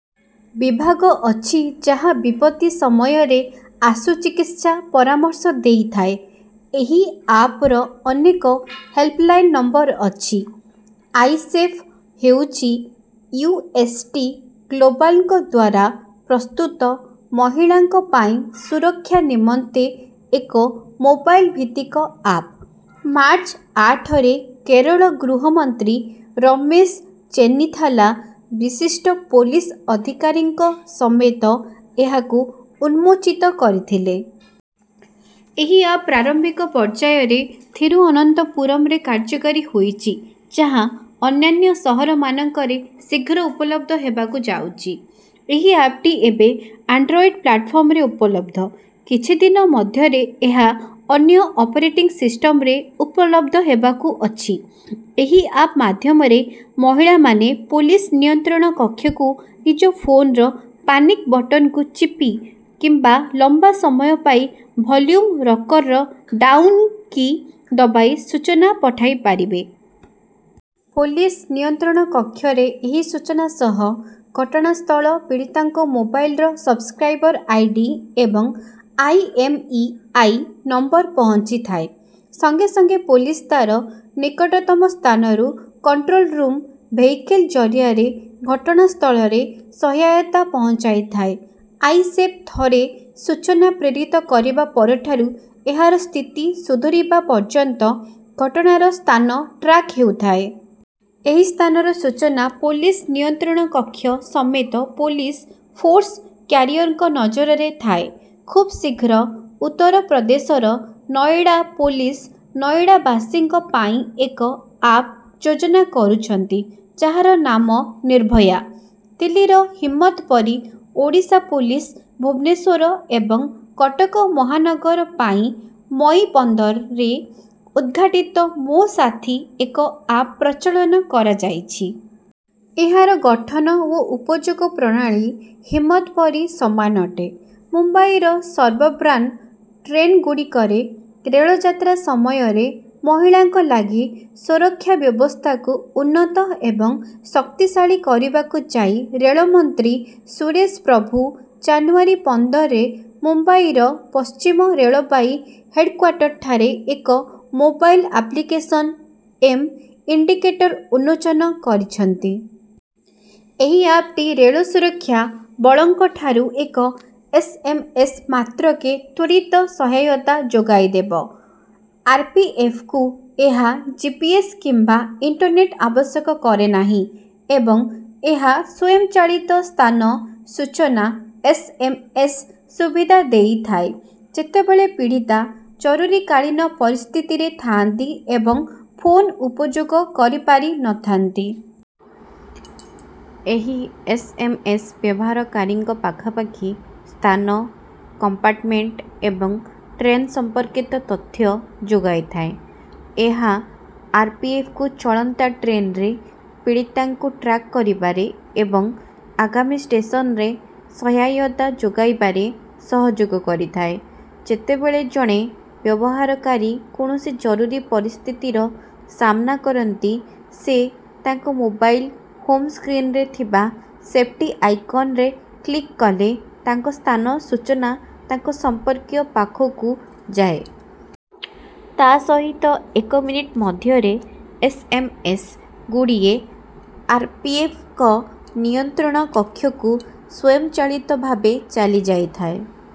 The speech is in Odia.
ବିଭାଗ ଅଛି ଯାହା ବିପତ୍ତି ସମୟରେ ଆଶୁ ଚିକିତ୍ସା ପରାମର୍ଶ ଦେଇଥାଏ। ଏହି ଆପର ଅନେକ ହେଲ୍ପଲାଇନ ନମ୍ବର ଅଛି। ଆଇ ସେଫ ହେଉଛି ୟୁଏସଟି ଗ୍ଲୋବାଲଙ୍କ ଦ୍ୱାରା ପ୍ରସ୍ତୁତ ମହିଳାଙ୍କ ପାଇଁ ସୁରକ୍ଷା ନିମନ୍ତେ ଏକ ମୋବାଇଲ ଭିତ୍ତିକ ଆପ। ମାର୍ଚ୍ଚ ଆଠ ରେ କେରଳ ଗୃହମନ୍ତ୍ରୀ ରମେଶ ଚେନିଥାଲା ବିଶିଷ୍ଟ ପୋଲିସ ଅଧିକାରୀଙ୍କ ସମେତ ଏହାକୁ ଉନ୍ମୋଚିତ କରିଥିଲେ। ଏହି ଆପ ପ୍ରାରମ୍ଭିକ ପର୍ଯ୍ୟାୟରେ ଥିରୁଅନନ୍ତପୁରମରେ କାର୍ଯ୍ୟକାରୀ ହୋଇଛି ଯାହା ଅନ୍ୟାନ୍ୟ ସହରମାନଙ୍କରେ ଶୀଘ୍ର ଉପଲବ୍ଧ ହେବାକୁ ଯାଉଛି। ଏହି ଆପଟି ଏବେ ଆଣ୍ଡରଏଡ ପ୍ଲାଟଫର୍ମରେ ଉପଲବ୍ଧ। କିଛି ଦିନ ମଧ୍ୟରେ ଏହା ଅନ୍ୟ ଅପରେଟିଂ ସିଷ୍ଟମରେ ଉପଲବ୍ଧ ହେବାକୁ ଅଛି। ଏହି ଆପ ମାଧ୍ୟମରେ ମହିଳାମାନେ ପୋଲିସ ନିୟନ୍ତ୍ରଣ କକ୍ଷକୁ ନିଜ ଫୋନର ପାନିକ ବଟନକୁ ଚିପି କିମ୍ବା ଲମ୍ବା ସମୟ ପାଇଁ ଭଲ୍ୟୁମ ରକର ଡାଉନ କି ଦବାଇ ସୂଚନା ପଠାଇପାରିବେ। ପୋଲିସ ନିୟନ୍ତ୍ରଣ କକ୍ଷରେ ଏହି ସୂଚନା ସହ ଘଟଣାସ୍ଥଳ, ପୀଡିତାଙ୍କ ମୋବାଇଲର ସବସ୍କ୍ରାଇବର ଆଇଡି ଏବଂ ଆଇଏମଇଆଇ ନମ୍ବର ପହଞ୍ଚିଥାଏ। ସଙ୍ଗେ ସଙ୍ଗେ ପୋଲିସ ତାର ନିକଟତମ ସ୍ଥାନରୁ କଣ୍ଟ୍ରୋଲ ରୁମ ଭେହିକିଲ ଜରିଆରେ ଘଟଣାସ୍ଥଳରେ ସହାୟତା ପହଞ୍ଚାଇଥାଏ। ଆଇ ସେଫ ଥରେ ସୂଚନା ପ୍ରେରିତ କରିବା ପରଠାରୁ ଏହାର ସ୍ଥିତି ସୁଧୁରିବା ପର୍ଯ୍ୟନ୍ତ ଘଟଣାର ସ୍ଥାନ ଟ୍ରାକ ହେଉଥାଏ। ଏହି ସ୍ଥାନର ସୂଚନା ପୋଲିସ ନିୟନ୍ତ୍ରଣ କକ୍ଷ ସମେତ ପୋଲିସ ଫୋର୍ସ କ୍ୟାରିଅରଙ୍କ ନଜରରେ ଥାଏ। ଖୁବ ଶୀଘ୍ର ଉତ୍ତରପ୍ରଦେଶର ନଏଡା ପୋଲିସ ନଏଡାବାସୀଙ୍କ ପାଇଁ ଏକ ଆପ ଯୋଜନା କରୁଛନ୍ତି ଯାହାର ନାମ ନିର୍ଭୟା। ଦିଲ୍ଲୀର ହିମ୍ମତ ପରି ଓଡ଼ିଶା ପୋଲିସ ଭୁବନେଶ୍ୱର ଏବଂ କଟକ ମହାନଗର ପାଇଁ ମଇ ପନ୍ଦର ରେ ଉଦ୍ଘାଟିତ ମୋ ସାଥୀ ଏକ ଆପ ପ୍ରଚଳନ କରାଯାଇଛି। ଏହାର ଗଠନ ଓ ଉପଯୋଗ ପ୍ରଣାଳୀ ହିମ୍ମତ ପରି ସମାନ ଅଟେ। ମୁମ୍ବାଇର ସବର୍ବାନ ଟ୍ରେନଗୁଡ଼ିକରେ ରେଳଯାତ୍ରା ସମୟରେ ମହିଳାଙ୍କ ଲାଗି ସୁରକ୍ଷା ବ୍ୟବସ୍ଥାକୁ ଉନ୍ନତ ଏବଂ ଶକ୍ତିଶାଳୀ କରିବାକୁ ଯାଇ ରେଳମନ୍ତ୍ରୀ ସୁରେଶ ପ୍ରଭୁ ଜାନୁଆରୀ ପନ୍ଦର ରେ ମୁମ୍ବାଇର ପଶ୍ଚିମ ରେଳବାଇ ହେଡକ୍ୱାର୍ଟରଠାରେ ଏକ ମୋବାଇଲ ଆପ୍ଲିକେସନ ଏମ ଇଣ୍ଡିକେଟର ଉନ୍ମୋଚନ କରିଛନ୍ତି। ଏହି ଆପଟି ରେଳ ସୁରକ୍ଷା ବଳଙ୍କଠାରୁ ଏକ ଏସଏମଏସ ମାତ୍ରକେ ତ୍ୱରିତ ସହାୟତା ଯୋଗାଇଦେବ। ଆରପିଏଫକୁ ଏହା ଜିପିଏସ କିମ୍ବା ଇଣ୍ଟରନେଟ ଆବଶ୍ୟକ କରେନାହିଁ ଏବଂ ଏହା ସ୍ୱୟଂଚାଳିତ ସ୍ଥାନ ସୂଚନା ଏସଏମଏସ ସୁବିଧା ଦେଇଥାଏ ଯେତେବେଳେ ପୀଡିତା ଜରୁରୀକାଳୀନ ପରିସ୍ଥିତିରେ ଥାଆନ୍ତି ଏବଂ ଫୋନ ଉପଯୋଗ କରିପାରିନଥାନ୍ତି। ଏହି ଏସଏମଏସ ବ୍ୟବହାରକାରୀଙ୍କ ପାଖାପାଖି ସ୍ଥାନ, କମ୍ପାର୍ଟମେଣ୍ଟ ଏବଂ ଟ୍ରେନ ସମ୍ପର୍କିତ ତଥ୍ୟ ଯୋଗାଇଥାଏ। ଏହା ଆରପିଏଫକୁ ଚଳନ୍ତା ଟ୍ରେନରେ ପୀଡିତାଙ୍କୁ ଟ୍ରାକ କରିବାରେ ଏବଂ ଆଗାମୀ ଷ୍ଟେସନରେ ସହାୟତା ଯୋଗାଇବାରେ ସହଯୋଗ କରିଥାଏ। ଯେତେବେଳେ ଜଣେ ବ୍ୟବହାରକାରୀ କୌଣସି ଜରୁରୀ ପରିସ୍ଥିତିର ସାମ୍ନା କରନ୍ତି ସେ ତାଙ୍କ ମୋବାଇଲ ହୋମ ସ୍କ୍ରିନରେ ଥିବା ସେଫଟି ଆଇକନରେ କ୍ଲିକ କଲେ ତାଙ୍କ ସ୍ଥାନ ସୂଚନା ତାଙ୍କ ସମ୍ପର୍କୀୟଙ୍କ ପାଖକୁ ଯାଏ। ତା ସହିତ ଏକ ମିନିଟ ମଧ୍ୟରେ ଏସଏମଏସ ଗୁଡ଼ିଏ ଆରପିଏଫଙ୍କ ନିୟନ୍ତ୍ରଣ କକ୍ଷକୁ ସ୍ୱୟଂଚାଳିତ ଭାବେ ଚାଲିଯାଇଥାଏ।